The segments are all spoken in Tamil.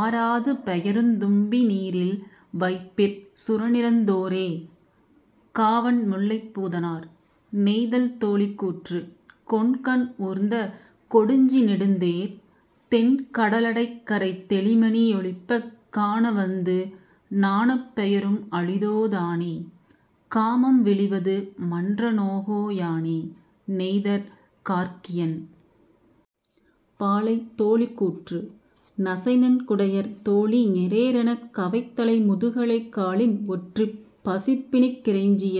ஆராது பெயருந் தும்பி நீரில் வைப்பிற் சுரனிறந் தோரே. -காவன்முல்லைப் பூதனார்.. நெய்தல் தோழி கூற்று கொண்கன் ஊர்ந்த கொடுஞ்சி நெடுந்தேர் தெண்கட லடைகரைத் தௌிமணி யொலிப்பக் காண வந்து நாணப் பெயரும் அளிதோ தானே காமம் விளிவது மன்ற நோகோ யானே. -நெய்தற் கார்க்கியன்.. பாலை தோழி கூற்று நசைநன் குடையர் தோழி ஞெரேரெனக் கவைத்தலை முதுகலை காலின் ஒற்றிப் பசிப்பிணிக் கிறைஞ்சிய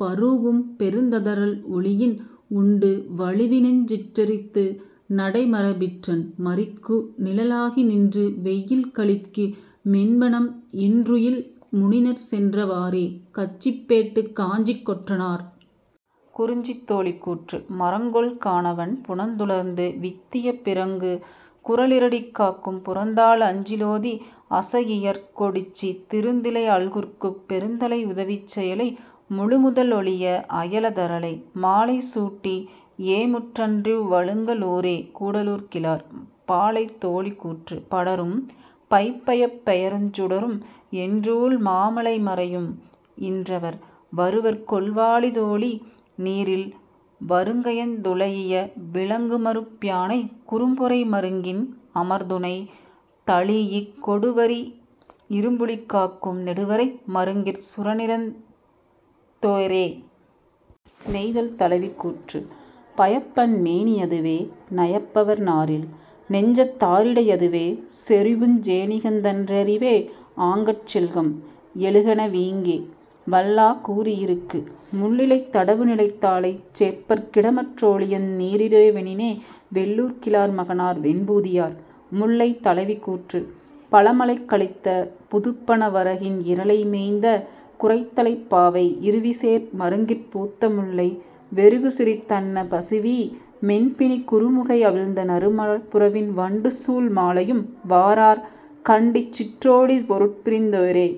பரூஉம்பெருந் ததரல் ஒழியின் உண்டு வழுவி னெஞ்சிற் றெறித்துநடை மரபிற்றன் மறிக்குநிழ லாகி நின்றுவெயில் கழிக்கு மென்பநம் இன்றுயில் முனிநர் சென்ற வாறே. -கச்சிப்பேட்டுக் காஞ்சிக் கொற்றனார்.. குறிஞ்சி தோழி கூற்று மரங்கொல் கானவன் புனந்துளர்ந்து வித்திய பிறங்குகுரல் இறடி காக்கும் புறந்தாழ் அஞ்சி லோதி அசையியற் கொடிச்சி திருந்திழை அல்குற்குப் பெருந்தழை உதவிச் செயலை முழுமுதல் ஒழிய அயல தரலை மாலை சூட்டி ஏமுற் றன்றிவ் வழுங்க லூரே. -கூடலூர்கிழார்.. பாலை தோழி கூற்று படரும் பைப்பயப் பெயருஞ் சுடரும் என்றூழ் மாமலை மறையும் இன்றவர் வருவர்கொல் வாழி தோழி நீரில் வறுங்கயந் துழைஇய விலங்குமருப் பியானை குறும்பொறை மருங்கின் அமர்துணை தழீஇக் கொடுவரி இரும்புலி காக்கும் நெடுவரை மருங்கிற் சுரனிறந் தோரே. நெய்தல் தலைவி கூற்று பயப்பென் மேனி யதுவே நயப்பவர் நாரில் நெஞ்சத் தாரிடை யதுவே செறிவுஞ் சேணிகந் தன்றே யறிவே ஆங்கட் செல்கம் எழுகென வீங்கே வல்லா கூறியிருக்கு முள்ளிலைத் தடவுநிலைத் தாழைச் சேர்ப்பர்க் கிடமற் றோழியெந் நீரிரோ வெனினே. -வெள்ளூர்கிழார் மகனார் வெண்பூதியார்.. முல்லை தலைவி கூற்று பழமழைக் கலித்த புதுப்புன வரகின் இரலை மேய்ந்த குறைத்தலைப் பாவை இருவிசேர் மருங்கிற் பூத்த முல்லை வெருகுசிரித் தன்ன பசுவீ மென்பிணி குறுமுகை அவிழ்ந்த நறுமலர்ப் புறவின் வண்டுசூழ் மாலையும் வாரார் கண்டிசிற் றோழி பொருட்பிரிந் தோரே.